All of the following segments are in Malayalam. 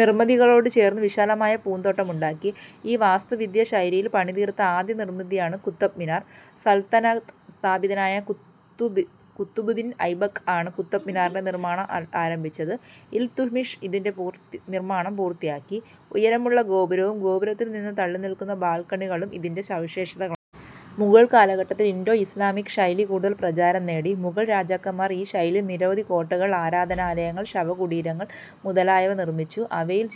നിർമിതികളോടു ചേർന്ന് വിശാലമായ പൂന്തോട്ടങ്ങളുണ്ടാക്കി. ഈ വാസ്തുവിദ്യാ ശൈലിയിൽ പണിതീർത്ത ആദ്യ നിർമ്മിതിയാണ് കുത്ത്ബ് മിനാർ. സൽത്തനത്ത് സ്ഥാപകനായിരുന്ന കുത്തുബുദ്ദീൻ ഐബക് ആണ് കുത്ത്ബ് മിനാറിന്റെ നിർമാണം ആരംഭിച്ചത്. ഇൽതുത്മിഷ് ഇതിന്റെ നിർമാണം പൂർത്തിയാക്കി. ഉയരമുള്ള ഗോപുരവും ഗോപുരത്തിൽ നിന്ന് തള്ളിനിൽക്കുന്ന ബാൽക്കണികളും ഇതിന്റെ സവിശേഷതകളാണ്. മുഗൾ കാലഘട്ടത്തിൽ ഇൻഡോ-ഇസ്ലാമിക് ശൈലി കൂടുതൽ പ്രചാരം നേടി. മുഗൾ രാജാക്കന്മാർ ഈ ശൈലിയിൽ നിരവധി കോട്ടകൾ, ആരാധനാലയങ്ങൾ, ശവകുടീരങ്ങൾ മുതലായവ നിർമിച്ചു. അവയിൽ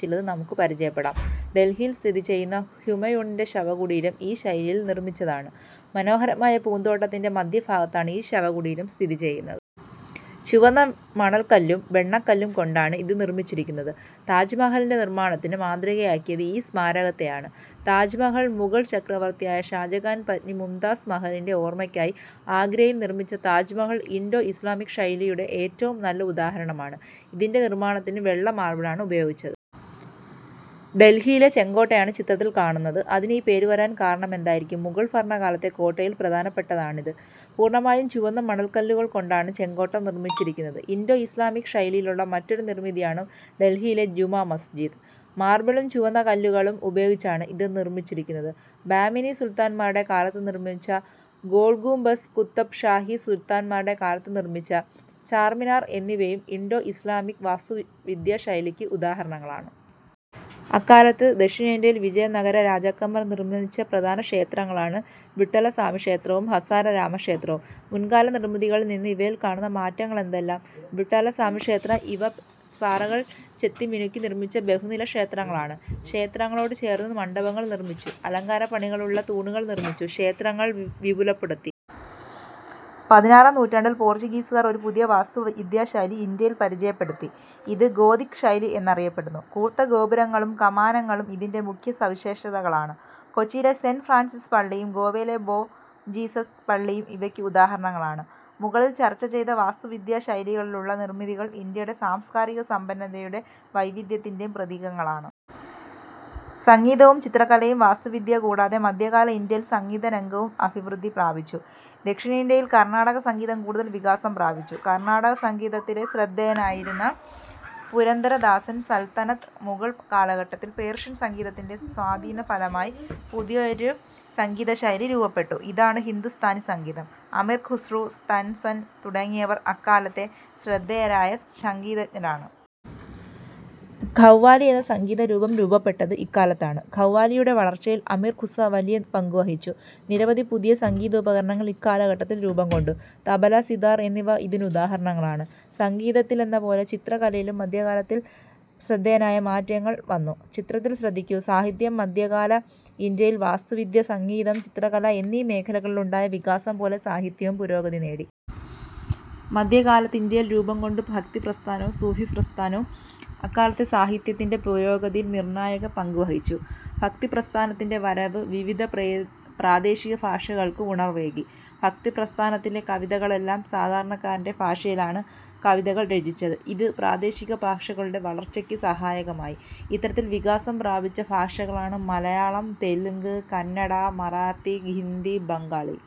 ചിലത് നമുക്ക് പരിചയപ്പെടാം. ഡൽഹിയിൽ സ്ഥിതിചെയ്യുന്ന ഹുമയൂണിന്റെ ശവകുടീരം ഈ ശൈലിയിൽ നിർമിച്ചതാണ്. മനോഹരമായ പൂന്തോട്ടത്തിന്റെ മധ്യ ഭാഗത്താണ് ഈ ശവകുടീരം സ്ഥിതി ചെയ്യുന്നത്. ചുവന്ന മണൽക്കല്ലും വെണ്ണക്കല്ലും കൊണ്ടാണ് ഇത് നിർമിച്ചിരിക്കുന്നത്. താജ്മഹലിന്റെ നിർമാണത്തിന് മാതൃകയാക്കിയത് ഈ സ്മാരകത്തെയാണ്. താജ്മഹൽ മുഗൾ ചക്രവർത്തിയായ ഷാജഹാൻ പത്നി മുംതാസ് മഹലിന്റെ ഓർമയ്ക്കായി ആഗ്രയിൽ നിർമിച്ച താജ്മഹൽ ഇൻഡോ- ഇസ്ലാമിക് ശൈലിയുടെ ഏറ്റവും നല്ല ഉദാഹരണമാണ്. ഇതിന്റെ നിർമാണത്തിന് വെള്ള മാർബിളാണ് ഉപയോഗിച്ചത്. ഡൽഹിയിലെ ചെങ്കോട്ടയാണ് ചിത്രത്തിൽ കാണുന്നത്. അതിന് ഈ പേരു വരാൻ കാരണമെന്തായിരിക്കും? മുഗൾഭരണകാലത്തെ കോട്ടകളിൽ പ്രധാനപ്പെട്ടതാണ് ഇത്. പൂർണമായും ചുവന്ന മണൽക്കല്ലുകൾ കൊണ്ടാണ് ചെങ്കോട്ട നിർമിച്ചിരിക്കുന്നത്. ഇൻഡോ-ഇസ്ലാമിക് ശൈലിയിലുള്ള മറ്റൊരു നിർമിതിയാണ് ഡൽഹിയിലെ ജുമാമസ്ജിദ്. മാർബിളും ചുവന്നകല്ലുകളും ഉപയോഗിച്ചാണ് ഇത് നിർമിച്ചിരിക്കുന്നത്. ബാഹ്മിനി സുൽത്താന്മാരുടെ കാലത്ത് നിർമിച്ച ഗോൾഗുംബസ് കുത്തബ് ഷാഹി സുൽത്താന്മാരുടെ കാലത്ത് നിർമിച്ച ചാർമിനാർ എന്നിവയും ഇൻഡോ ഇസ്ലാമിക് വാസ്തുവിദ്യാശൈലിക്ക് ഉദാഹരണങ്ങളാണ്. അക്കാലത്ത് ദക്ഷിണേന്ത്യയിൽ വിജയനഗര രാജാക്കന്മാർ നിർമിച്ച പ്രധാന ക്ഷേത്രങ്ങളാണ് വിട്ടലസ്വാമിക്ഷേത്രവും ഹസാരരാമക്ഷേ ത്രവും. മുൻകാല നിർമിതികളിൽ നിന്നു ഇവയിൽ കാണുന്ന മാറ്റ ങ്ങൾ എന്തെല്ലാം? വിട്ടലസ്വാമിക്ഷേത്രം ഇവ പാറകൾ ചെത്തിമിനുക്കി നിർമിച്ച ബഹുനില ക്ഷേത്രങ്ങളാണ്. ക്ഷേത്രങ്ങളോടു ചേർന്ന് മണ്ഡപങ്ങൾ നിർമിച്ചു. അലങ്കാരപ്പണികളുള്ള തൂണുകൾ നിർമിച്ചു. ക്ഷേത്രങ്ങൾ വിപുലപ്പെടുത്തി. പതിനാറാം നൂറ്റാണ്ടിൽ പോർച്ചുഗീസുകാർ ഒരു പുതിയ വാസ്തുവിദ്യാശൈലി ഇന്ത്യയിൽ പരിചയപ്പെടുത്തി. ഇത് ഗോഥിക് ശൈലി എന്നറിയപ്പെടുന്നു. കൂർത്ത ഗോപുരങ്ങളും കമാനങ്ങളും ഇതിന്റെ മുഖ്യ സവിശേഷതകളാണ്. കൊച്ചിയിലെ സെന്റ് ഫ്രാൻസിസ് പള്ളിയും ഗോവയിലെ ബോംജീസസ് പള്ളിയും ഇവയ്ക്ക് ഉദാഹരണങ്ങളാണ്. മുകളിൽ ചർച്ച ചെയ്ത വാസ്തുവിദ്യാശൈലികളിലുള്ള നിർമിതികൾ ഇന്ത്യയുടെ സാംസ്കാരിക സമ്പന്നതയുടെയും വൈവിധ്യത്തിന്റെയും പ്രതീകങ്ങളാണ്. സംഗീതവും ചിത്രകലയും വാസ്തുവിദ്യ കൂടാതെ മധ്യകാല ഇന്ത്യയിൽ സംഗീതരംഗവും അഭിവൃദ്ധി പ്രാപിച്ചു. ദക്ഷിണേന്ത്യയിൽ കർണാടകസംഗീതം കൂടുതൽ വികാസം പ്രാപിച്ചു. കർണാടകസംഗീതത്തിലെ ശ്രദ്ധേയനായിരുന്നു പുരന്ദരദാസൻ. സൽത്തനത്ത് മുഗൾ കാലഘട്ടത്തിൽ പേർഷ്യൻ സംഗീതത്തിന്റെ സ്വാധീനഫലമായി പുതിയൊരു സംഗീതശൈലി രൂപപ്പെട്ടു. ഇതാണ് ഹിന്ദുസ്ഥാനിസംഗീതം. അമിർ ഖുസ്രു, താൻസൻ തുടങ്ങിയവർ അക്കാലത്തെ ശ്രദ്ധേയരായ സംഗീതജ്ഞരാണ്. ഖവ്വാലി എന്ന സംഗീതരൂപം രൂപപ്പെട്ടത് ഇക്കാലത്താണ്. ഖവ്വാലിയുടെ വളർച്ചയിൽ അമീർ ഖുസ വലിയ പങ്കുവഹിച്ചു. നിരവധി പുതിയ സംഗീതോപകരണങ്ങൾ ഇക്കാലഘട്ടത്തിൽ രൂപംകൊണ്ടു. തബല, സിതാർ എന്നിവ ഇതിനു ദാഹരണങ്ങളാണ്. സംഗീതത്തിലെന്നപോലെ ചിത്ര കലയിലും മധ്യകാലഘട്ടത്തിൽ ശ്രദ്ധേയമായ മാറ്റങ്ങൾ വന്നു. ചിത്രങ്ങൾ ശ്രദ്ധിക്കൂ... സാഹിത്യം മധ്യകാല ഇന്ത്യയിൽ വാസ്തു വിദ്യ, സംഗീതം, ചിത്രകല എന്നീ മേഖലകളിലുണ്ടായ വികാസം പോലെ സാഹിത്യവും പുരോഗതി നേടി. മധ്യകാലത്ത് ഇന്ത്യയിൽ രൂപം കൊണ്ട് ഭക്തിപ്രസ്ഥാനവും സൂഫി പ്രസ്ഥാനവും അക്കാലത്തെ സാഹിത്യത്തിന്റെ പുരോഗതിയിൽ നിർണായകമായ പങ്കു വഹിച്ചു. ഭക്തിപ്രസ്ഥാനത്തിന്റെ വരവ് വിവിധ പ്രാദേശികഭാഷകൾക്ക് ഉണർവേകി. ഭക്തിപ്രസ്ഥാനത്തിലെ കവികളെല്ലാം സാധാരണക്കാരന്റെ ഭാഷയിലാണ് കവിതകൾ രചിച്ചത്. ഇത് പ്രാദേശികഭാഷകളുടെ വളർച്ചയ്ക്ക് സഹായകമായി. ഇത്തരത്തിൽ വികാസം പ്രാപിച്ച ഭാഷകളാണ് മലയാളം, തെലുങ്ക്, കന്നഡ, മറാത്തി, ഹിന്ദി, ബംഗാളി.